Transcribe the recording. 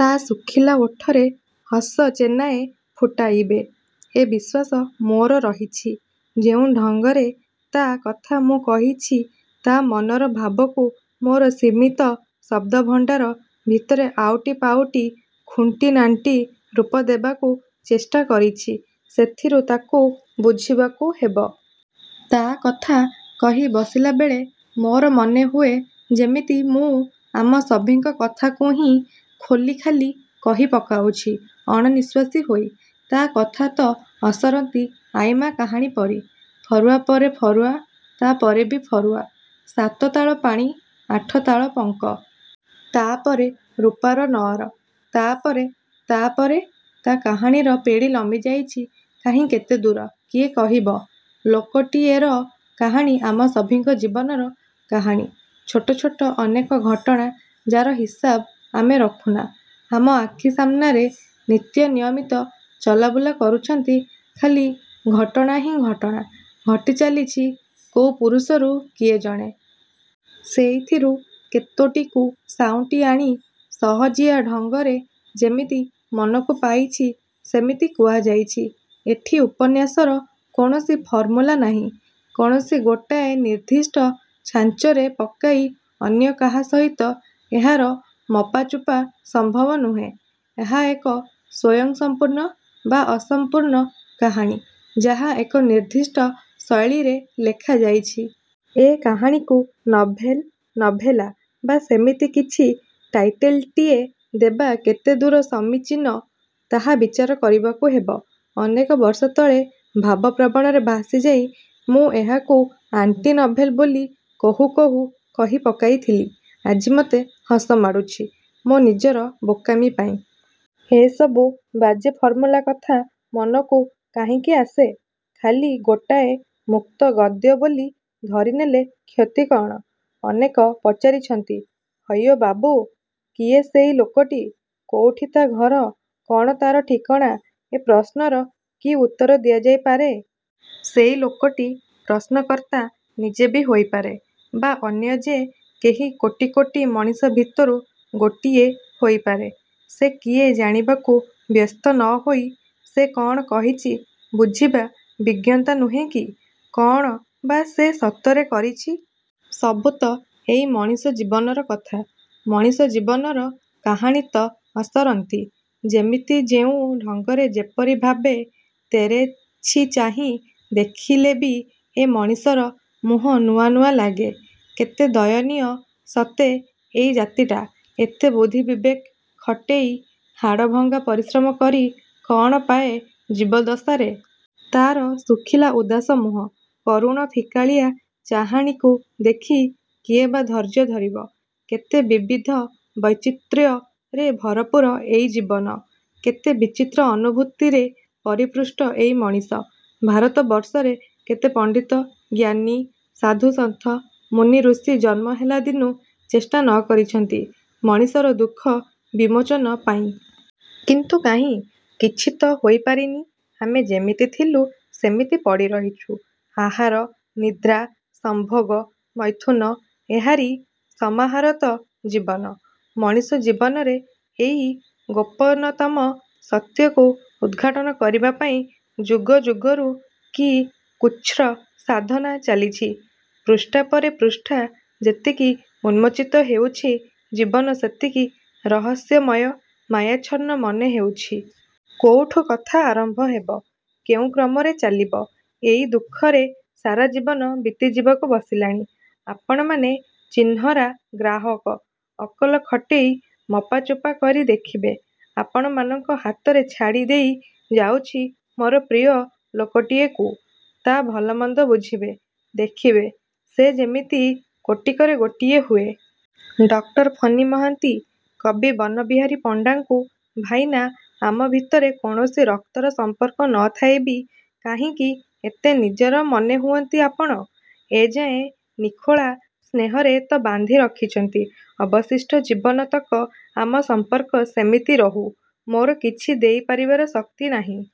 ତା' ଶୁଖିଲା ଓଠରେ ହସ ଚେନାଏ ଫୁଟାଇବେ। ଏ ବିଶ୍ୱାସ ମୋର ରହିଛି। ଯେଉଁ ଢଙ୍ଗରେ ତା' କଥା ମୁଁ କହିଛି, ତା' ମନର ଭାବକୁ ମୋର ସୀମିତ ଶବ୍ଦ ଭଣ୍ଡାର ଭିତରେ ଆଉଟି ପାଉଟି, ଖୁଣ୍ଟିନାଣ୍ଟି ରୂପ ଦେବାକୁ ଚେଷ୍ଟା କରିଛି, ସେଥିରୁ ତାକୁ ବୁଝିବାକୁ ହେବ। ତା' କଥା କହି ବସିଲାବେଳେ ମୋର ମନେହୁଏ ଯେମିତି ମୁଁ ଆମ ସଭିଙ୍କ କଥାକୁହିଁ ଖୋଲିଖାଲି କହି ପକାଉଛି ଅଣନିଃଶ୍ୱାସୀ ହୋଇ। ତା' କଥାତ ଅସରନ୍ତି ଆଈ ମା' କାହାଣୀ ପରି। ଫରୁଆ ପରେ ଫରୁଆ। ତା'ପରେ ବି ଫରୁଆ। ସାତତାଳ ପାଣି। ଆଠତାଳ ପଙ୍କ। ତା'ପରେ ରୁପାର ନଅର। ତା'ପରେ? ତା'ପରେ ତା' କାହାଣୀର ପେଡ଼ି ଲମ୍ବି ଯାଇଛି କାହିଁ କେତେ ଦୂର, କିଏ କହିବ! 'ଲୋକଟିଏ'ର କାହାଣୀ ଆମ ସଭିଙ୍କ ଜୀବନର କାହାଣୀ। ଛୋଟ ଛୋଟ ଅନେକ ଘଟଣା, ଯା'ର ହିସାବ ଆମେ ରଖୁନା। ଆମ ଆଖି ସାମ୍ନାରେ ନିତ୍ୟ ନିୟମିତ ଚଲାବୁଲା କରୁଛନ୍ତି ଖାଲି ଘଟଣାହିଁ ଘଟଣା; ଘଟି ଚାଲିଛି କୋଉ ପୁରୁଷରୁ କିଏ ଜଣେ? ସେଇଥିରୁ କେତୋଟିକୁ ସାଉଁଟି ଆଣି ସହଜିଆ ଢଙ୍ଗରେ, ଯେମିତି ମନକୁ ପାଇଛି ସେମିତି କୁହାଯାଇଛି। ଏଠି ଉପନ୍ୟାସର କୌଣସି ଫର୍ମୁଲା ନାହିଁ। କୌଣସି ଗୋଟାଏ ନିର୍ଦ୍ଦିଷ୍ଟ ଛାଞ୍ଚରେ ପକାଇ ଅନ୍ୟ କାହା ସହିତ ଏହାର ମପାଚୁପା ସମ୍ଭବ ନୁହେଁ। ଏହା ଏକ ସ୍ୱୟଂ ସମ୍ପୂର୍ଣ୍ଣ ବା ଅସମ୍ପୂର୍ଣ୍ଣ କାହାଣୀ, ଯାହା ଏକ ନିର୍ଦ୍ଦିଷ୍ଟ ଶୈଳୀରେ ଲେଖାଯାଇଛି। ଏ କାହାଣୀକୁ 'ନଭେଲ୍', 'ନଭେଲା' ବା ସେମିତି କିଛି ଟାଇଟେଲ ଟିଏ ଦେବା କେତେଦୂର ସମୀଚୀନ, ତାହା ବିଚାର କରିବାକୁ ହେବ। ଅନେକ ବର୍ଷ ତଳେ ଭାବପ୍ରବଣରେ ଭାସିଯାଇ ମୁଁ ଏହାକୁ ଆଣ୍ଟି-ନଭେଲ ବୋଲି କହୁ କହୁ କହି ପକାଇଥିଲି। ଆଜି ମତେ ହସ ମାଡ଼ୁଛି ମୋ ନିଜର ବୋକାମି ପାଇଁ। ଏସବୁ ବାଜେ ଫର୍ମୁଲା କଥା ମନକୁ କାହିଁକି ଆସେ? ଖାଲି ଗୋଟାଏ ମୁକ୍ତ ଗଦ୍ୟ ବୋଲି ଧରିନେଲେ କ୍ଷତି କ'ଣ? ଅନେକ ପଚାରିଛନ୍ତି, ହଇଓ ବାବୁ, କିଏ ସେଇ 'ଲୋକଟି'? କୋଉଠି ତା' ଘର? କ'ଣ ତା'ର ଠିକଣା? ଏ ପ୍ରଶ୍ନର କି ଉତ୍ତର ଦିଆଯାଇପାରେ! ସେଇ ଲୋକଟି ପ୍ରଶ୍ନକର୍ତ୍ତା ନିଜେ ବି ହୋଇପାରେ ବା ଅନ୍ୟ ଯେ କେହି କୋଟି କୋଟି ମଣିଷ ଭିତରୁ ଗୋଟିଏ ହୋଇପାରେ-। ସେ କିଏ ଜାଣିବାକୁ ବ୍ୟସ୍ତ ନ ହୋଇ, ସେ କ'ଣ କହିଚି ବୁଝିବା ବିଜ୍ଞତା ନୁହେଁକି? କ'ଣ ବା ସେ ସତରେ କରିଛି! ସବୁତ ଏଇ ମଣିଷ ଜୀବନର କଥା। ମଣିଷ ଜୀବନର କାହାଣୀତ ଅସରନ୍ତି। ଯେମିତି ଯେଉଁ ଢଙ୍ଗରେ ଯେପରି ଭାବେ ତେରେଛିଚାହିଁ ଦେଖିଲେବି ଏ ମଣିଷର ମୁହଁ ନୂଆ ନୂଆ ଲାଗେ। କେତେ ଦୟନୀୟ ସତେ ଏଇ ଜାତିଟା! ଏତେ ବୁଦ୍ଧି ବିବେକ ଖଟେଇ ହାଡ଼ଭଙ୍ଗା ପରିଶ୍ରମ କରି କ'ଣ ପାଏ ଜୀବଦଶାରେ? ତା'ର ଶୁଖିଲା ଉଦାସ ମୁହଁ, କରୁଣ ଫିକାଳିଆ ଚାହାଣିକୁ ଦେଖି କିଏ ବା ଧୈର୍ଯ୍ୟ ଧରିବ? କେତେ ବିବିଧ ବୈଚିତ୍ର୍ୟରେ ଭରପୁର ଏଇ ଜୀବନ! କେତେ ବିଚିତ୍ର ଅନୁଭୂତିରେ ପରିପୃଷ୍ଟ ଏଇ ମଣିଷ! ଭାରତବର୍ଷରେ କେତେ ପଣ୍ଡିତ, ଜ୍ଞାନୀ, ସାଧୁସନ୍ଥ, ମୁନିଋଷି ଜନ୍ମହେଲା ଦିନୁ ଚେଷ୍ଟା ନକରିଛନ୍ତି ମଣିଷର ଦୁଃଖ ବିମୋଚନ ପାଇଁ। କିନ୍ତୁ କାହିଁ? କିଛିତ ହୋଇ ପାରିନି। ଆମେ ଯେମିତି ଥିଲୁ ସେମିତି ପଡ଼ି ରହିଛୁ। ଆହାର, ନିଦ୍ରା, ସମ୍ଭୋଗ, ମୈଥୁନ–ଏହାରି ସମାହାରତ ଜୀବନ! ମଣିଷ ଜୀବନରେ ଏଇ ଗୋପନତମ ସତ୍ୟକୁ ଉଦ୍ଘାଟନ କରିବା ପାଇଁ ଯୁଗଯୁଗରୁ କି କୁଚ୍ଛ୍ର ସାଧନା ଚାଲିଛି। ପୃଷ୍ଠାପରେ ପୃଷ୍ଠା ଯେତିକି ଉନ୍ମୋଚିତ ହେଉଛି, ଜୀବନ ସେତିକି ରହସ୍ୟମୟ, ମାୟାଚ୍ଛନ୍ନ ମନେ ହେଉଛି। କୋଉଠୁ କଥା ଆରମ୍ଭ ହେବ, କେଉଁ କ୍ରମରେ ଚାଲିବ–ଏଇ ଦୁଃଖରେ ସାରାଜୀବନ ବିତିଯିବାକୁ ବସିଲାଣି। ଆପଣମାନେ ଚିହ୍ନରା ଗ୍ରାହକ। ଅକଲ ଖଟେଇ ମପାଚୁପା କରି ଦେଖିବେ। ଆପଣମାନଙ୍କ ହାତରେ ଛାଡ଼ି ଦେଇ ଯାଉଛି ମୋର ପ୍ରିୟ 'ଲୋକଟିଏ'କୁ। ତା' ଭଲମନ୍ଦ ବୁଝିବେ-। ଦେଖିବେ, ସେ ଯେମିତି କୋଟିକରେ ଗୋଟିଏ ହୁଏ। ଡକ୍ଟର ଫନୀ ମହାନ୍ତି କବି ବନବିହାରୀ ପଣ୍ଡାଙ୍କୁ ଭାଇନା, ଆମ ଭିତରେ କୌଣସି ରକ୍ତର ସମ୍ପର୍କ ନଥାଇ ବି କାହିଁକି ଏତେ ନିଜର ମନେ ହୁଅନ୍ତି ଆପଣ? ଏ ଯାଏଁ ନିଖୋଳା ସ୍ନେହରେ ତ ବାନ୍ଧି ରଖିଛନ୍ତି। ଅବଶିଷ୍ଟ ଜୀବନ ତକ ଆମ ସମ୍ପର୍କ ସେମିତି ରହୁ। ମୋର କିଛି ଦେଇ ପାରିବାର ଶକ୍ତି ନାହିଁ।